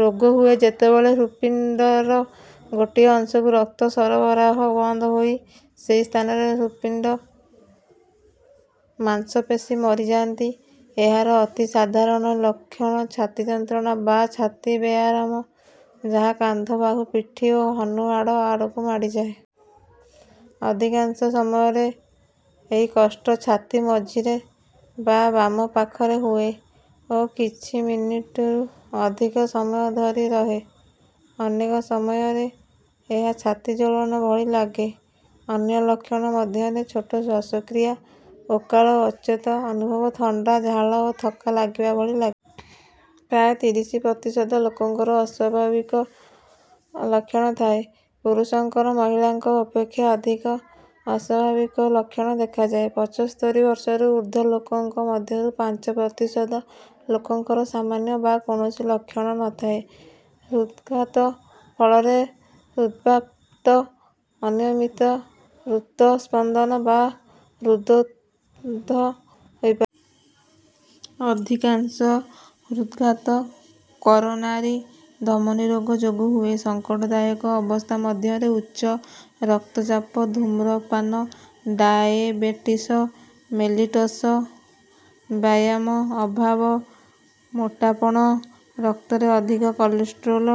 ରୋଗ ହୁଏ ଯେତେବେଳେ ହୃତ୍ପିଣ୍ଡର ଗୋଟିଏ ଅଂଶକୁ ରକ୍ତ ସରବରାହ ବନ୍ଦ ହୋଇ ସେହି ସ୍ଥାନର ହୃତ୍ପିଣ୍ଡ ମାଂସପେଶୀ ମରିଯାଆନ୍ତି। ଏହାର ଅତି ସାଧାରଣ ଲକ୍ଷଣ ଛାତି ଯନ୍ତ୍ରଣା ବା ଛାତି ବେଆରାମ ଯାହା କାନ୍ଧ ବାହୁ ପିଠି ଓ ହନୁ ହାଡ଼ ଆଡ଼କୁ ମାଡ଼ିଯାଏ। ଅଧିକାଂଶ ସମୟରେ ଏହି କଷ୍ଟ ଛାତି ମଝିରେ ବା ବାମ ପାଖରେ ହୁଏ ଓ କିଛି ମିନିଟରୁ ଅଧିକ ସମୟ ଧରି ରହେ। ଅନେକ ସମୟରେ ଏହା ଛାତି ଜ୍ୱଳନ ଭଳି ଲାଗେ। ଅନ୍ୟ ଲକ୍ଷଣ ମଧ୍ୟରେ ଛୋଟ ଶ୍ୱାସକ୍ରିୟା ଓକାଳ ଅଚେତ ଅନୁଭବ ଥଣ୍ଡା ଝାଳ ଓ ଥକ୍କା ଲାଗିବା ଭଳି ଲାଗ୍। ପ୍ରାୟ ତିରିଶି ପ୍ରତିଶତ ଲୋକଙ୍କର ଅସ୍ୱାଭାବିକ ଲକ୍ଷଣ ଥାଏ ପୁରୁଷଙ୍କର ମହିଳାଙ୍କ ଅପେକ୍ଷା ଅଧିକ ଅସ୍ୱାଭାବିକ ଲକ୍ଷଣ ଦେଖାଯାଏ। ପଚସ୍ତରି ବର୍ଷରୁ ଉର୍ଦ୍ଧ୍ୱ ଲୋକଙ୍କ ମଧ୍ୟରୁ ପାଞ୍ଚ ପ୍ରତିଶତ ଲୋକଙ୍କର ସାମାନ୍ୟ ବା କୌଣସି ଲକ୍ଷଣ ନ ଥାଏ। ହୃଦ୍ଘାତ ଫଳରେ ହୃଦ୍ପାତ ଅନିୟମିତ ହୃତ ସ୍ପନ୍ଦନ ବା ହୃଦ୍ରୋଧ ହୋଇପା। ଅଧିକାଂଶ ହୃଦ୍ଘାତ କରୋନାରୀ ଧମନୀ ରୋଗ ଯୋଗୁ ହୁଏ। ସଙ୍କଟ ଦାୟକ ଅବସ୍ଥା ମଧ୍ୟରେ ଉଚ୍ଚ ରକ୍ତଚାପ ଧୂମ୍ରପାନ ଡାଏବେଟିସ ମେଲିଟସ ବ୍ୟାୟାମ ଅଭାବ ମୋଟାପଣ ରକ୍ତରେ ଅଧିକ କୋଲେଷ୍ଟ୍ରଲ୍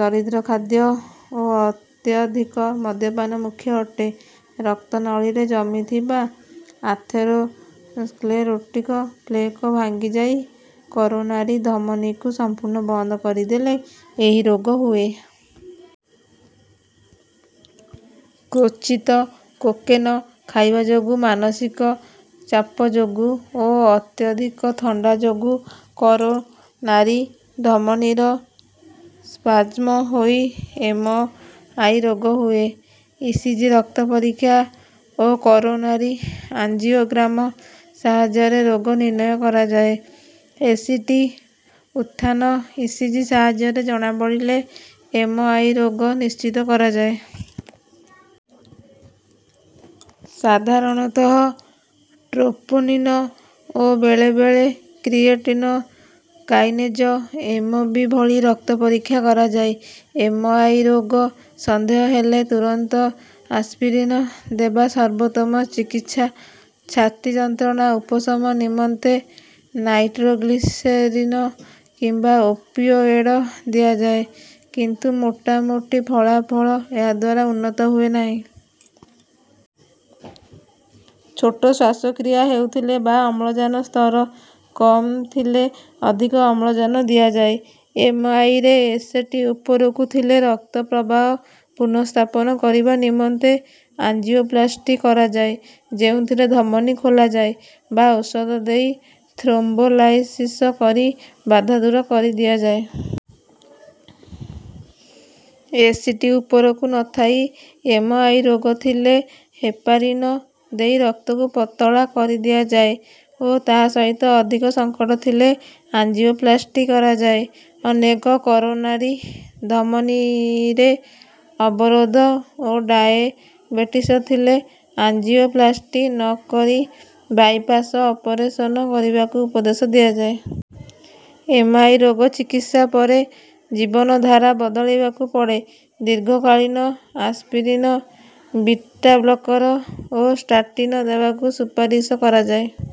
ଦରିଦ୍ର ଖାଦ୍ୟ ଓ ଅତ୍ୟଧିକ ମଦ୍ୟପାନ ମୂଖ୍ୟ ଅଟେ। ରକ୍ତନଳୀରେ ଜମିଥିବା ଆଥେରୋସ୍କ୍ଲେରୋଟିକ ପ୍ଲେକ ଭାଙ୍ଗିଯାଇ କରୋନାରୀ ଧମନୀକୁ ସମ୍ପୁର୍ଣ୍ଣ ବନ୍ଦ କରିଦେଲେ ଏହି ରୋଗ ହୁଏ। କ୍ୱଚିତ କୋକେନ ଖାଇବା ଯୋଗୁ ମାନସିକ ଚାପ ଯୋଗୁ ଓ ଅତ୍ୟଧିକ ଥଣ୍ଡା ଯୋଗୁ କରୋନାରି ଧମନୀର ସ୍ପାଜ୍ମ ହୋଇ ଏମ ଆଇ ରୋଗ ହୁଏ। ଇସିଜି ରକ୍ତ ପରୀକ୍ଷା ଓ କରୋନାରୀ ଆଞ୍ଜିଓଗ୍ରାମ ସାହାଯ୍ୟରେ ରୋଗ ନିର୍ଣ୍ଣୟ କରାଯାଏ। ଏସିଟି ଉତ୍ଥାନ ଇସିଜି ସାହାଯ୍ୟରେ ଜଣାପଡ଼ିଲେ ଏମ ଆଇ ରୋଗ ନିଶ୍ଚିତ କରାଯାଏ। ସାଧାରଣତଃ ଟ୍ରୋପୋନିନ ଓ ବେଳେ ବେଳେ କ୍ରିଏଟିନ କାଇନେଜ ଏମ ବି ଭଳି ରକ୍ତ ପରୀକ୍ଷା କରାଯାଏ। ଏମ ଆଇ ରୋଗ ସନ୍ଦେହ ହେଲେ ତୁରନ୍ତ ଆସ୍ପିରିନ ଦେବା ସର୍ବୋତ୍ତମ ଚିକିତ୍ସା। ଛାତି ଯନ୍ତ୍ରଣା ଉପଶମ ନିମନ୍ତେ ନାଇଟ୍ରୋଗ୍ଲିସେରିନ କିମ୍ବା ଓପିଅଏଡ଼ ଦିଆଯାଏ କିନ୍ତୁ ମୋଟାମୋଟି ଫଳାଫଳ ଏହାଦ୍ୱାରା ଉନ୍ନତ ହୁଏ ନାହିଁ। ଛୋଟ ଶ୍ୱାସକ୍ରିୟା ହେଉଥିଲେ ବା ଅମ୍ଳଜାନ ସ୍ତର କମ୍ ଥିଲେ ଅଧିକ ଅମ୍ଳଜାନ ଦିଆଯାଏ। ଏମ ଆଇ ରେ ଏସ ଟି ଉପରକୁ ଥିଲେ ରକ୍ତ ପ୍ରବାହ ପୁନଃସ୍ଥାପନ କରିବା ନିମନ୍ତେ ଆଞ୍ଜିଓପ୍ଲାସ୍ଟି କରାଯାଏ ଯେଉଁଥିରେ ଧମନୀ ଖୋଲାଯାଏ ବା ଔଷଧ ଦେଇ ଥ୍ରୋମ୍ବୋଲାଇସିସ କରି ବାଧା ଦୂର କରିଦିଆଯାଏ। ଏସି ଟି ଉପରକୁ ନ ଥାଇ ଏମ ଆଇ ରୋଗ ଥିଲେ ହେପାରିନ ଦେଇ ରକ୍ତକୁ ପତଳା କରିଦିଆଯାଏ ଓ ତାହା ସହିତ ଅଧିକ ସଙ୍କଟ ଥିଲେ ଆଞ୍ଜିଓପ୍ଲାସ୍ଟି କରାଯାଏ। ଅନେକ କରୋନାରୀ ଧମନୀରେ ଅବରୋଧ ଓ ଡାଏବେଟିସ ଥିଲେ ଆଞ୍ଜିଓପ୍ଲାସ୍ଟି ନ କରି ବାଇପାସ ଅପରେଶନ କରିବାକୁ ଉପଦେଶ ଦିଆଯାଏ। ଏମ ଆଇ ରୋଗ ଚିକିତ୍ସା ପରେ ଜୀବନ ଧାରା ବଦଳେଇବାକୁ ପଡ଼େ ଦୀର୍ଘକାଳୀନ ଆସ୍ପିରିନ ବିଟାବ୍ଲକର ଓ ସ୍ଟାଟିନ ଦେବାକୁ ସୁପାରିସ କରାଯାଏ।